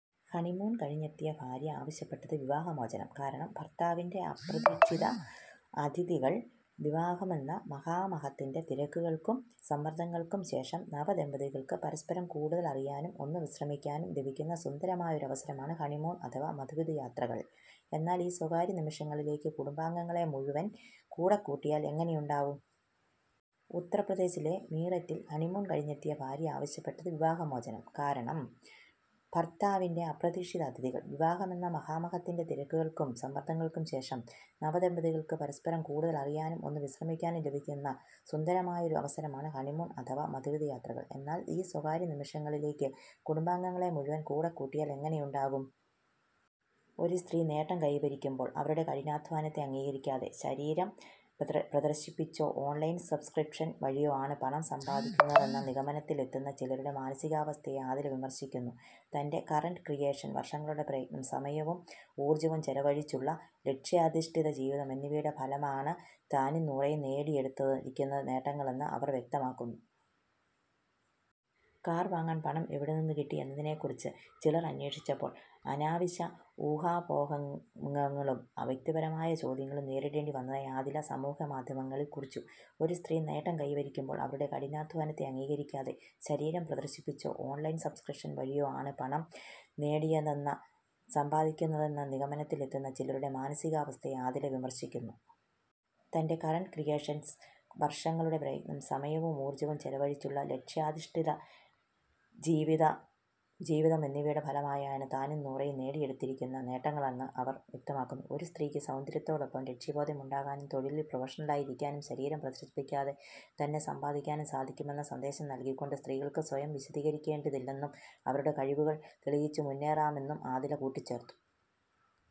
Honeymoon കഴിഞ്ഞെത്തിയ ഭാര്യ ആവശ്യപ്പെട്ടത് വിവാഹമോചനം! കാരണം ഭർത്താവിന്റെ അപ്രതീക്ഷിത അതിഥികൾ വിവാഹമെന്ന മഹാമഹത്തിന്റെ തിരക്കുകൾക്കും സമ്മർദങ്ങൾക്കും ശേഷം നവദമ്പതികൾക്ക് പരസ്പരം കൂടുതൽ അറിയാനും, ഒന്ന് വിശ്രമിക്കാനും ലഭിക്കുന്ന സുന്ദരമായൊരു അവസരമാണ് ഹണിമൂൺ അഥവാ മധുവിധു യാത്രകൾ. എന്നാൽ, ഈ സ്വകാര്യ നിമിഷങ്ങളിലേക്ക് കുടുംബാംഗങ്ങളെ മുഴുവൻ കൂടെക്കൂട്ടിയാൽ എങ്ങനെയുണ്ടാകും? ഉത്തർപ്രദേശിലെ മീററ്റിൽ ഹണിമൂൺ കഴിഞ്ഞെത്തിയ ഭാര്യ ആവശ്യപ്പെട്ടത് വിവാഹമോചനം! കാരണം ഭർത്താവിന്റെ അപ്രതീക്ഷിത അതിഥികൾ വിവാഹമെന്ന മഹാമഹത്തിന്റെ തിരക്കുകൾക്കും സമ്മർദങ്ങൾക്കും ശേഷം നവദമ്പതികൾക്ക് പരസ്പരം കൂടുതൽ അറിയാനും, ഒന്ന് വിശ്രമിക്കാനും ലഭിക്കുന്ന സുന്ദരമായൊരു അവസരമാണ് ഹണിമൂൺ അഥവാ മധുവിധു യാത്രകൾ. എന്നാൽ, ഈ സ്വകാര്യ നിമിഷങ്ങളിലേക്ക് കുടുംബാംഗങ്ങളെ മുഴുവൻ കൂടെക്കൂട്ടിയാൽ എങ്ങനെയുണ്ടാകും? ഒരു സ്ത്രീ നേട്ടം കൈവരിക്കുമ്പോൾ അവരുടെ കഠിനാധ്വാനത്തെ അംഗീകരിക്കാതെ, ശരീരം പ്രദർശിപ്പിച്ചോ ഓൺലൈൻ സബ്സ്ക്രിപ്ഷൻ വഴിയോ ആണ് പണം സമ്പാദിക്കുന്നതെന്ന നിഗമനത്തിലെത്തുന്ന ചിലരുടെ മാനസികാവസ്ഥയെ ആദില വിമർശിക്കുന്നു. തന്റെ കറൻ്റ് ക്രിയേഷൻ, വർഷങ്ങളുടെ പ്രയത്നം, സമയവും ഊർജ്ജവും ചെലവഴിച്ചുള്ള ലക്ഷ്യാധിഷ്ഠിത ജീവിതം എന്നിവയുടെ ഫലമായാണ് താനും നൂറയും നേടിയെടുത്തിരിക്കുന്ന നേട്ടങ്ങളെന്ന് അവർ വ്യക്തമാക്കുന്നു. കാർ വാങ്ങാൻ പണം എവിടെനിന്നുകിട്ടി എന്നതിനെക്കുറിച്ച് ചിലർ അന്വേഷിച്ചപ്പോൾ, അനാവശ്യ ഊഹാപോഹങ്ങളും വ്യക്തിപരമായ ചോദ്യങ്ങളും നേരിടേണ്ടി വന്നതായി ആദില സമൂഹമാധ്യമത്തിൽ കുറിച്ചു. ഒരു സ്ത്രീ നേട്ടം കൈവരിക്കുമ്പോൾ അവരുടെ കഠിനാധ്വാനത്തെ അംഗീകരിക്കാതെ, ശരീരം പ്രദർശിപ്പിച്ചോ ഓൺലൈൻ സബ്സ്ക്രിപ്ഷൻ വഴിയോ ആണ് പണം നേടിയതെന്ന സമ്പാദിക്കുന്നതെന്ന നിഗമനത്തിലെത്തുന്ന ചിലരുടെ മാനസികാവസ്ഥയെ ആദില വിമർശിക്കുന്നു. തന്റെ കറൻ്റ് ക്രിയേഷൻ, വർഷങ്ങളുടെ പ്രയത്നം, സമയവും ഊർജ്ജവും ചെലവഴിച്ചുള്ള ലക്ഷ്യാധിഷ്ഠിത ജീവിതം എന്നിവയുടെ ഫലമായാണ് താനും നൂറയും നേടിയെടുത്തിരിക്കുന്ന നേട്ടങ്ങളെന്ന് അവർ വ്യക്തമാക്കുന്നു. ഒരു സ്ത്രീക്ക് സൗന്ദര്യത്തോടൊപ്പം ലക്ഷ്യബോധം ഉണ്ടാകാനും, തൊഴിലിൽ പ്രൊഫഷണലായിരിക്കാനും, ശരീരം പ്രദർശിപ്പിക്കാതെ തന്നെ സമ്പാദിക്കാനും സാധിക്കുമെന്ന സന്ദേശം നൽകിക്കൊണ്ട്, സ്ത്രീകൾക്ക് സ്വയം വിശദീകരിക്കേണ്ടതില്ലെന്നും അവരുടെ കഴിവുകൾ തെളിയിച്ചു മുന്നേറുമെന്നും ആദില കൂട്ടിച്ചേർത്തു.